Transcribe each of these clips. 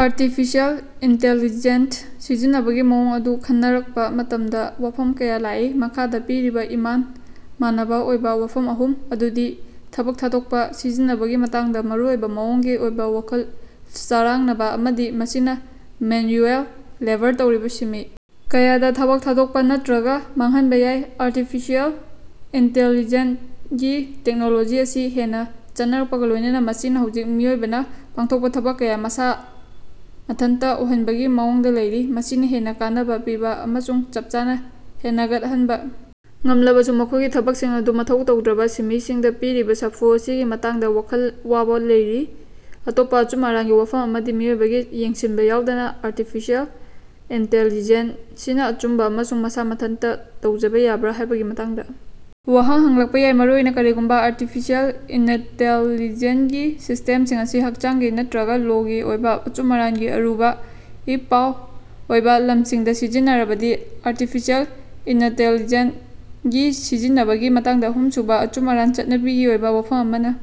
Artificial intelligence ꯁꯤꯖꯤꯟꯅꯕꯒꯤ ꯃꯑꯣꯡ ꯑꯗꯨ ꯈꯟꯅꯔꯛꯄ ꯃꯇꯝꯗ ꯋꯥꯐꯝ ꯀꯌꯥ ꯂꯥꯛꯏ꯫ ꯃꯈꯥꯗ ꯄꯤꯔꯤꯕ ꯏꯃꯥꯟ ꯃꯥꯅꯕ ꯑꯣꯏꯕ ꯋꯥꯐꯝ ꯑꯍꯨꯝ ꯑꯗꯨꯗꯤ ꯊꯕꯛ ꯊꯥꯗꯣꯛꯄ, ꯁꯤꯖꯤꯟꯅꯕꯒꯤ ꯃꯇꯥꯡꯗ ꯃꯔꯨꯑꯣꯏꯕ ꯃꯑꯣꯡꯒꯤ ꯑꯣꯏꯕ ꯋꯥꯈꯜ ꯆꯔꯥꯡꯅꯕ, ꯑꯃꯗꯤ ꯃꯁꯤꯅ ꯃꯦꯟꯌꯨꯑꯦꯜ ꯂꯦꯕꯔ ꯇꯧꯔꯤꯕ ꯁꯤꯟꯃꯤ ꯀꯌꯥꯗ ꯊꯕꯛ ꯊꯥꯗꯣꯛꯄ ꯅꯠꯇ꯭ꯔꯒ ꯃꯥꯡꯍꯟꯕ ꯌꯥꯏ꯫ ꯑꯥꯔꯇꯤꯐꯤꯁꯦꯜ ꯏꯟꯇꯦꯜꯂꯤꯖꯦꯟꯠ ꯒꯤ ꯇꯦꯛꯅꯣꯂꯣꯖꯤ ꯑꯁꯤ ꯍꯦꯟꯅ ꯆꯠꯅꯔꯛꯄꯒ ꯂꯣꯏꯅꯅ ꯃꯁꯤꯅ ꯍꯧꯖꯤꯛ ꯃꯤꯑꯣꯏꯕꯅ ꯄꯥꯡꯊꯣꯛꯄ ꯊꯕꯛ ꯀꯌꯥ ꯃꯁꯥ ꯃꯊꯟꯇ ꯑꯣꯏꯍꯟꯕꯒꯤ ꯃꯑꯣꯡꯗ ꯂꯩꯔꯤ꯫ ꯃꯁꯤꯅ ꯍꯦꯟꯅ ꯀꯥꯅꯕ ꯄꯤꯕ ꯑꯃꯁꯨꯡ ꯆꯞ ꯆꯥꯅ ꯍꯦꯅꯒꯠꯍꯟꯕ ꯉꯝꯂꯕꯁꯨ, ꯃꯈꯣꯏꯒꯤ ꯊꯕꯛꯁꯤꯡ ꯑꯗꯨ ꯃꯊꯧ ꯇꯧꯗ꯭ꯔꯕ ꯁꯤꯟꯃꯤꯁꯤꯡꯗ ꯄꯤꯔꯤꯕ ꯁꯥꯐꯨ ꯑꯁꯤꯒꯤ ꯃꯇꯥꯡꯗ ꯋꯥꯈꯜ ꯋꯥꯕ ꯂꯩꯔꯤ꯫ ꯑꯇꯣꯞꯄ ꯑꯆꯨꯝ ꯑꯔꯥꯟꯒꯤ ꯋꯥꯐꯝ ꯑꯃꯗꯤ ꯃꯤꯑꯣꯏꯕꯒꯤ ꯌꯦꯡꯁꯤꯟꯕ ꯌꯥꯎꯗꯅ ꯑꯔꯇꯤꯐꯤꯁꯦꯜ ꯏꯟꯇꯦꯜꯂꯤꯖꯦꯟ ꯁꯤꯅ ꯑꯆꯨꯝꯕ ꯑꯃꯁꯨꯡ ꯃꯁꯥ ꯃꯊꯟꯇ ꯇꯧꯖꯕ ꯌꯥꯕ꯭ꯔ ꯍꯥꯢꯕꯒꯤ ꯃꯇꯥꯡꯗ ꯋꯥꯍꯪ ꯍꯪꯂꯛꯄ ꯌꯥꯏ, ꯃꯔꯨꯑꯣꯏꯅ ꯀꯔꯤꯒꯨꯝꯕ ꯑꯔꯇꯤꯐꯤꯁꯦꯜ ꯏꯅꯇꯦꯜꯂꯤꯖꯦꯟꯒꯤ ꯁꯤꯁ꯭ꯇꯦꯝꯁꯤꯡ ꯑꯁꯤ ꯍꯛꯆꯥꯡꯒꯤ ꯅꯠꯇ꯭ꯔꯒ ꯂꯣ ꯒꯤ ꯑꯣꯏꯕ ꯑꯆꯨꯝ ꯑꯔꯥꯟꯒꯤ ꯑꯔꯨꯕ ꯏꯄꯥꯎ ꯑꯣꯏꯕ ꯂꯝꯁꯤꯡꯗ ꯁꯤꯖꯤꯟꯅꯔꯕꯗꯤ꯫ ꯑꯔꯇꯤꯐꯤꯁꯦꯜ ꯏꯅꯇꯦꯜꯂꯤꯖꯦꯟ ꯒꯤ ꯁꯤꯖꯤꯟꯅꯕꯒꯤ ꯃꯇꯥꯡꯗ ꯑꯍꯨꯝꯁꯨꯕ ꯑꯆꯨꯝ ꯑꯔꯥꯟ ꯆꯠꯅꯕꯤꯒꯤ ꯑꯣꯏꯕ ꯋꯥꯐꯝ ꯑꯃꯅ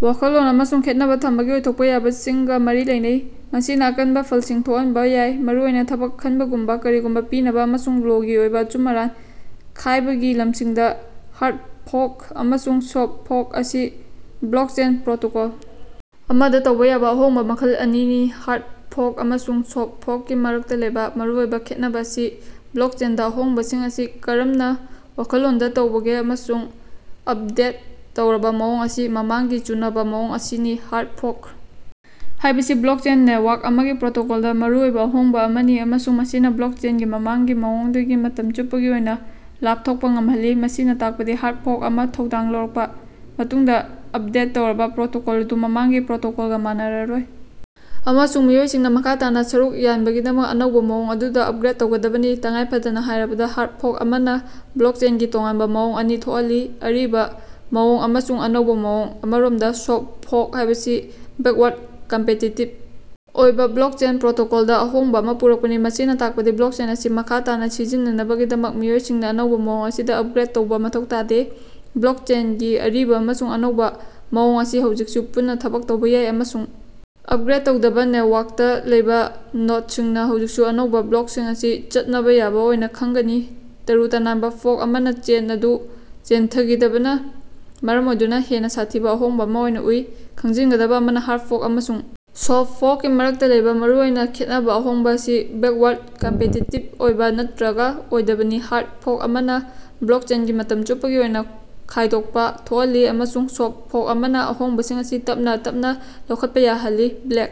ꯋꯥꯈꯜꯂꯣꯟ ꯑꯃꯁꯨꯡ ꯈꯦꯠꯅꯕ ꯊꯝꯕꯒꯤ ꯑꯣꯏꯊꯣꯛꯄ ꯌꯥꯕꯁꯤꯡꯒ ꯃꯔꯤ ꯂꯩꯅꯩ꯫ ꯃꯁꯤꯅ ꯑꯀꯟꯕ ꯐꯜꯁꯤꯡ ꯊꯣꯛꯍꯟꯕ ꯌꯥꯏ, ꯃꯔꯨꯑꯣꯏꯅ ꯊꯕꯛ ꯈꯟꯕꯒꯨꯝꯕ, ꯀꯔꯤꯒꯨꯝꯕ ꯄꯤꯅꯕ, ꯑꯃꯁꯨꯡ ꯂꯣ ꯒꯤ ꯑꯣꯏꯕ ꯑꯆꯨꯝ ꯑꯔꯥꯟ ꯈꯥꯏꯕꯒꯤꯂꯝꯁꯤꯡꯗ꯫ ꯍꯥꯔꯗ ꯐꯣꯔꯛ ꯑꯃꯁꯨꯡ ꯁꯣꯐ꯭ꯠ ꯐꯣꯔꯛ ꯑꯁꯤ ꯕ꯭ꯂꯣꯛꯆꯦꯟ ꯄ꯭ꯔꯣꯇꯣꯀꯣꯜ ꯑꯃꯗ ꯇꯧꯕ ꯌꯥꯕ ꯑꯍꯣꯡꯕ ꯃꯈꯜ ꯑꯅꯤꯅꯤ꯫ ꯍꯥꯔꯗ ꯐꯣꯔꯛ ꯑꯃꯁꯨꯡ ꯁꯣꯐ꯭ꯠ ꯐꯣꯔꯛꯀꯤ ꯃꯔꯛꯇ ꯂꯩꯕ ꯃꯔꯨꯑꯣꯏꯕ ꯈꯦꯠꯅꯕ ꯑꯁꯤ ꯕ꯭ꯂꯣꯛꯆꯦꯟꯗ ꯑꯍꯣꯡꯕꯁꯤꯡ ꯑꯁꯤ ꯀꯔꯝꯅ ꯋꯥꯈꯜꯂꯣꯟꯗ ꯇꯧꯕꯒꯦ ꯑꯃꯁꯨꯡ ꯑꯞꯗꯦꯠ ꯇꯧꯔꯕ ꯃꯑꯣꯡ ꯑꯁꯤ ꯃꯃꯥꯡꯒꯤ ꯆꯨꯅꯕ ꯃꯑꯣꯡ ꯑꯁꯤꯅꯤ꯫ ꯍꯥꯔꯗ ꯐꯣꯔꯛ ꯍꯥꯏꯕꯁꯤ ꯕ꯭ꯂꯣꯛꯆꯦꯟ ꯅꯦꯇꯋꯥꯔꯛ ꯑꯃꯒꯤ ꯄ꯭ꯔꯣꯇꯣꯀꯣꯜꯗ ꯃꯔꯨꯑꯣꯏꯕ ꯑꯍꯣꯡꯕ ꯑꯃꯅꯤ ꯑꯃꯁꯨꯡ ꯃꯁꯤꯅ ꯕ꯭ꯂꯣꯛꯆꯦꯟꯒꯤ ꯃꯃꯥꯡꯒꯤ ꯃꯑꯣꯡꯗꯒꯤ ꯃꯇꯝ ꯆꯨꯞꯄꯒꯤ ꯑꯣꯏꯅ ꯂꯥꯞꯊꯣꯛꯄ ꯉꯝꯍꯜꯂꯤ꯫ ꯃꯁꯤꯅ ꯇꯥꯛꯄꯗꯤ ꯍꯥꯔꯗ ꯐꯣꯔꯛ ꯑꯃ ꯊꯧꯗꯥꯡ ꯂꯧꯔꯛꯄ ꯃꯇꯨꯡꯗ, ꯑꯞꯗꯦꯠ ꯇꯧꯔꯕ ꯄ꯭ꯔꯣꯇꯣꯀꯣꯜ ꯑꯗꯨ ꯃꯃꯥꯡꯒꯤ ꯄ꯭ꯔꯣꯇꯣꯀꯣꯜꯒ ꯃꯥꯟꯅꯔꯔꯣꯏ ꯑꯃꯁꯨꯡ ꯃꯤꯑꯣꯏꯁꯤꯡꯅ ꯃꯈꯥ ꯇꯥꯅ ꯁꯔꯨꯛ ꯌꯥꯟꯕꯒꯤꯗꯃꯛ ꯑꯅꯧꯕ ꯃꯑꯣꯡ ꯑꯗꯨꯗ ꯑꯞꯒ꯭ꯔꯦꯗ ꯇꯧꯒꯗꯕꯅꯤ꯫ ꯇꯉꯥꯏ ꯐꯗꯅ ꯍꯥꯏꯔꯕꯗ, ꯍꯥꯔꯗ ꯐꯣꯔꯛ ꯑꯃꯅ ꯕ꯭ꯂꯣꯛꯆꯦꯟꯒꯤ ꯇꯣꯉꯥꯟꯕ ꯃꯑꯣꯡ ꯑꯅꯤ ꯊꯣꯛꯍꯜꯂꯤ, ꯑꯔꯤꯕ ꯃꯑꯣꯡ ꯑꯃꯁꯨꯡ ꯑꯅꯧꯕ ꯃꯑꯣꯡ꯫ ꯑꯃꯔꯣꯝꯗ ꯁꯣꯐ꯭ꯠ ꯐꯣꯔꯛ ꯍꯥꯏꯕꯁꯤ ꯕꯦꯛꯋꯥꯔꯗ ꯀꯝꯄꯦꯇꯤꯇꯤꯕ ꯑꯣꯏꯕ ꯕ꯭ꯂꯣꯛꯆꯦꯟ ꯄ꯭ꯔꯣꯇꯣꯀꯣꯜꯗ ꯑꯍꯣꯡꯕ ꯑꯃ ꯄꯨꯔꯛꯄꯅꯤ꯫ ꯃꯁꯤꯅ ꯇꯥꯛꯄꯗꯤ ꯕ꯭ꯂꯣꯛꯆꯦꯟ ꯑꯁꯤ ꯃꯈꯥ ꯇꯥꯅ ꯁꯤꯖꯤꯟꯅꯅꯕꯒꯤꯗꯃꯛ ꯃꯤꯑꯣꯏꯁꯤꯡꯅ ꯑꯅꯧꯕ ꯃꯑꯣꯡ ꯑꯁꯤꯗ ꯑꯞꯒ꯭ꯔꯦꯗ ꯇꯧꯕ ꯃꯊꯧ ꯇꯥꯗꯦ꯫ ꯕ꯭ꯂꯣꯛꯆꯦꯟꯒꯤ ꯑꯔꯤꯕ ꯑꯃꯁꯨꯡ ꯑꯅꯧꯕ ꯃꯑꯣꯡ ꯑꯁꯤ ꯍꯧꯖꯤꯛꯁꯨ ꯄꯨꯟꯅ ꯊꯕꯛ ꯇꯧꯕ ꯌꯥꯏ, ꯑꯃꯁꯨꯡ ꯑꯞꯒ꯭ꯔꯦꯗ ꯇꯧꯗꯕ ꯅꯦꯇꯋꯥꯔꯛꯇ ꯂꯩꯕ ꯅꯣꯗꯁꯤꯡꯅ ꯍꯧꯖꯤꯛꯁꯨ ꯑꯅꯧꯕ ꯕ꯭ꯂꯣꯛꯁꯤꯡ ꯑꯁꯤ ꯆꯠꯅꯕ ꯌꯥꯕ ꯑꯣꯏꯅ ꯈꯪꯒꯅꯤ꯫ ꯇꯔꯨ ꯇꯅꯥꯟꯕ ꯐꯣꯔꯛ ꯑꯃꯅ ꯆꯦꯟ ꯑꯗꯨ ꯆꯦꯟꯊꯈꯤꯗꯕꯅ ꯃꯔꯝ ꯑꯣꯏꯗꯨꯅ ꯍꯦꯟꯅ ꯁꯥꯊꯤꯕ ꯑꯍꯣꯡꯕ ꯑꯃ ꯑꯣꯏꯅ ꯎꯏ꯫ ꯈꯪꯖꯤꯟꯒꯗꯕ ꯑꯃꯅ ꯍꯥꯔꯗ ꯐꯣꯔꯛ ꯑꯃꯁꯨꯡ ꯁꯣꯐ꯭ꯠ ꯐꯣꯔꯛꯀꯤ ꯃꯔꯛꯇ ꯂꯩꯕ ꯃꯔꯨꯑꯣꯏꯕ ꯈꯦꯠꯅꯕ ꯑꯍꯣꯡꯕ ꯑꯁꯤ ꯕꯦꯛꯋꯥꯔꯗ ꯀꯝꯄꯦꯇꯤꯇꯤꯕ ꯑꯣꯏꯕ ꯅꯠꯇ꯭ꯔꯒ ꯑꯣꯏꯗꯕꯅꯤ, ꯍꯥꯔꯗ ꯐꯣꯔꯛ ꯑꯃꯅ ꯕ꯭ꯂꯣꯛꯆꯦꯟꯒꯤ ꯃꯇꯝ ꯆꯨꯞꯄꯒꯤ ꯑꯣꯏꯅ ꯈꯥꯏꯗꯣꯛꯄ ꯊꯣꯛꯍꯜꯂꯤ ꯑꯃꯁꯨꯡ ꯁꯣꯐ꯭ꯠ ꯐꯣꯔꯛ ꯑꯃꯅ ꯑꯍꯣꯡꯕꯁꯤꯡ ꯑꯁꯤ ꯇꯞꯅ ꯇꯞꯅ ꯂꯧꯈꯠꯄ ꯌꯥꯍꯜꯂꯤ꯫ ꯕ꯭ꯂꯦꯛ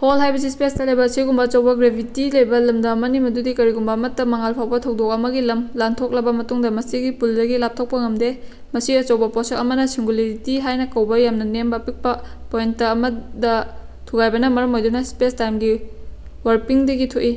ꯍꯣꯜ ꯍꯥꯏꯕꯁꯤ ꯁ꯭ꯄꯦꯁꯇ ꯂꯩꯕ ꯑꯁꯤꯒꯨꯝꯕ ꯑꯆꯧꯕꯥ ꯒ꯭ꯔꯦꯚꯤꯇꯤ ꯂꯩꯕ ꯂꯝꯗꯝ ꯑꯃꯅꯤ ꯃꯗꯨꯗꯤ ꯀꯔꯤꯒꯨꯝꯕ ꯑꯃꯠꯇ, ꯃꯉꯥꯜ ꯐꯥꯎꯕ, ꯊꯧꯗꯣꯛ ꯑꯃꯒꯤ ꯂꯝ ꯂꯥꯟꯊꯣꯛꯂꯕ ꯃꯇꯨꯡꯗ ꯃꯁꯤꯒꯤ ꯄꯨꯜꯗꯒꯤ ꯂꯥꯞꯊꯣꯛꯄ ꯉꯝꯗꯦ꯫ ꯃꯁꯤ ꯑꯆꯧꯕ ꯄꯣꯠꯁꯛ ꯑꯃꯅ ꯁꯤꯡꯒꯨꯂꯔꯤꯇꯤ ꯍꯥꯏꯅ ꯀꯧꯕ ꯌꯥꯝꯅ ꯅꯦꯝꯕ ꯑꯄꯤꯛꯄ ꯄꯣꯏꯟꯇ ꯑꯃꯗ ꯊꯨꯒꯥꯏꯕꯅ ꯃꯔꯝ ꯑꯣꯏꯗꯨꯅ ꯁ꯭ꯄꯦꯁꯇꯥꯏꯝꯒꯤ ꯋꯥꯔꯄꯤꯡꯗꯒꯤ ꯊꯣꯛꯏ꯫